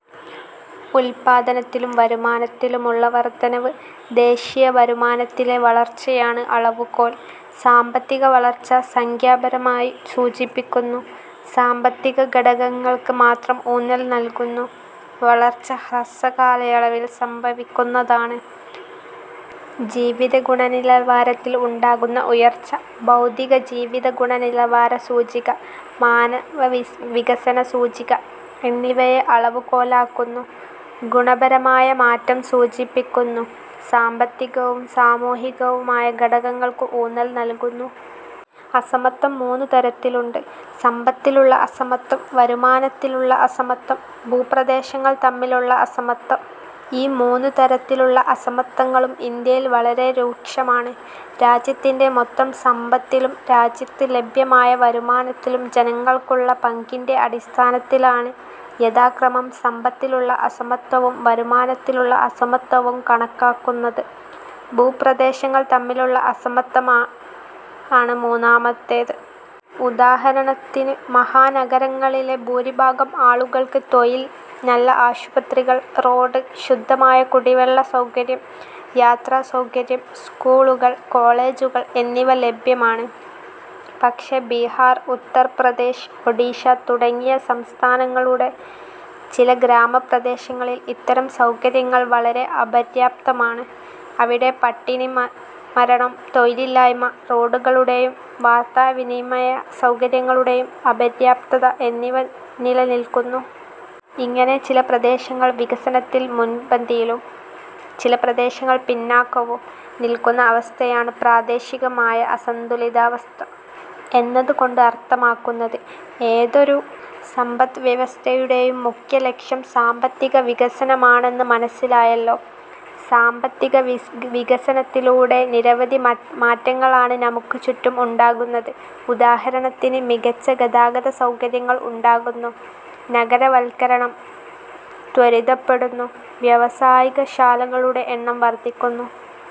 ഉൽപ്പാദനത്തിലും വരുമാനത്തിലുമുള്ള വർധനവ്. ദേശീയവരുമാനത്തിലെ വളർച്ചയാണ് അളവുകോൽ. സാമ്പത്തികവളർച്ച സംഖ്യാപരമായി സൂചിപ്പിക്കുന്നു. സാമ്പത്തികഘടകങ്ങൾക്ക് മാത്രം ഊന്നൽ നൽകുന്നു. വളർച്ച ഹ്രസ്വകാലയളവിൽ സംഭവിക്കുന്നതാണ്. ജീവിതഗുണനിലവാരത്തിൽ ഉണ്ടാകുന്ന ഉയർച്ച. ഭൗതികജീവിതഗുണനിലവാര സൂചിക, മാനവവികസന സൂചിക എന്നിവയെ അളവുകോലാക്കുന്നു. ഗുണപരമായ മാറ്റം സൂചിപ്പിക്കുന്നു. സാമ്പത്തികവും സാമൂഹികവുമായ ഘടകങ്ങൾക്ക് ഊന്നൽ നൽകുന്നു. അസമത്വം മൂന്നു തരത്തിലുണ്ട്. സമ്പത്തിലുള്ള അസമത്വം. വരുമാനത്തിലുള്ള അസമത്വം. ഭൂപ്രദേശങ്ങൾ തമ്മിലുള്ള അസമത്വം ഈ മൂന്നു തരത്തിലുള്ള അസമത്വങ്ങളും ഇന്ത്യയിൽ വളരെ രൂക്ഷമാണ്. രാജ്യത്തിന്റെ മൊത്തം സമ്പത്തിലും രാജ്യത്ത് ലഭ്യമായ വരുമാനത്തിലും ജനങ്ങൾക്കുള്ള പങ്കിന്റെ അടിസ്ഥാനത്തിലാണ് യഥാക്രമം സമ്പത്തിലുള്ള അസമത്വവും വരുമാനത്തിലുള്ള അസമത്വവും കണക്കാക്കുന്നത്. ഭൂപ്രദേശങ്ങൾ തമ്മിലുള്ള അസമത്വമാണ് മൂന്നാമത്തേത്. ഉദാഹരണത്തിന് മഹാനഗരങ്ങളിലെ ഭൂരിഭാഗം ആളുകൾക്ക് തൊഴിൽ, നല്ല ആശുപത്രികൾ, റോഡ്, ശുദ്ധമായ കുടിവെള്ള സൗകര്യം, യാത്രാസൗകര്യം, സ്കൂളുകൾ, കോളേജുകൾ, എന്നിവ ലഭ്യമാണ്. പക്ഷേ, ബിഹാർ, ഉത്തർപ്രദേശ്, ഒഡിഷ തുടങ്ങിയ സംസ്ഥാനങ്ങളുടെ ചില ഗ്രാമപ്രദേശങ്ങളിൽ ഇത്തരം സൗകര്യങ്ങൾ വളരെ അപര്യാപ്തമാണ്. അവിടെ പട്ടിണിമരണം, തൊഴിലില്ലായ്മ, റോഡുകളുടെയും വാർത്താവിനിമയ സൗകര്യങ്ങളുടെയും അപര്യാപ്തത എന്നിവ നിലനിൽക്കുന്നു. ഇങ്ങനെ ചില പ്രദേശങ്ങൾ വികസനത്തിൽ മുൻപന്തിയിലും ചില പ്രദേശങ്ങൾ പിന്നാക്കവും നിൽക്കുന്ന അവസ്ഥയാണ് പ്രാദേശികമായ അസന്തുലിതാവസ്ഥ എന്നതുകൊണ്ട് അർഥമാക്കുന്നത്. ഏതൊരു സമ്പത്ത് വ്യവസ്ഥയുടെയും മുഖ്യ ലക്ഷ്യം സാമ്പത്തികവികസനമാണെന്ന് മനസ്സിലായല്ലോ. സാമ്പത്തികവികസനത്തിലൂടെ നിരവധി മാറ്റങ്ങളാണ് നമുക്ക് ചുറ്റും ഉണ്ടാകുന്നത്. ഉദാഹരണത്തിന്, മികച്ച ഗതാഗതസൗകര്യങ്ങൾ ഉണ്ടാകുന്നു. നഗരവൽക്കരണം ത്വരിതപ്പെടുന്നു. വ്യവസായശാലകളുടെ എണ്ണം വർധിക്കുന്നു.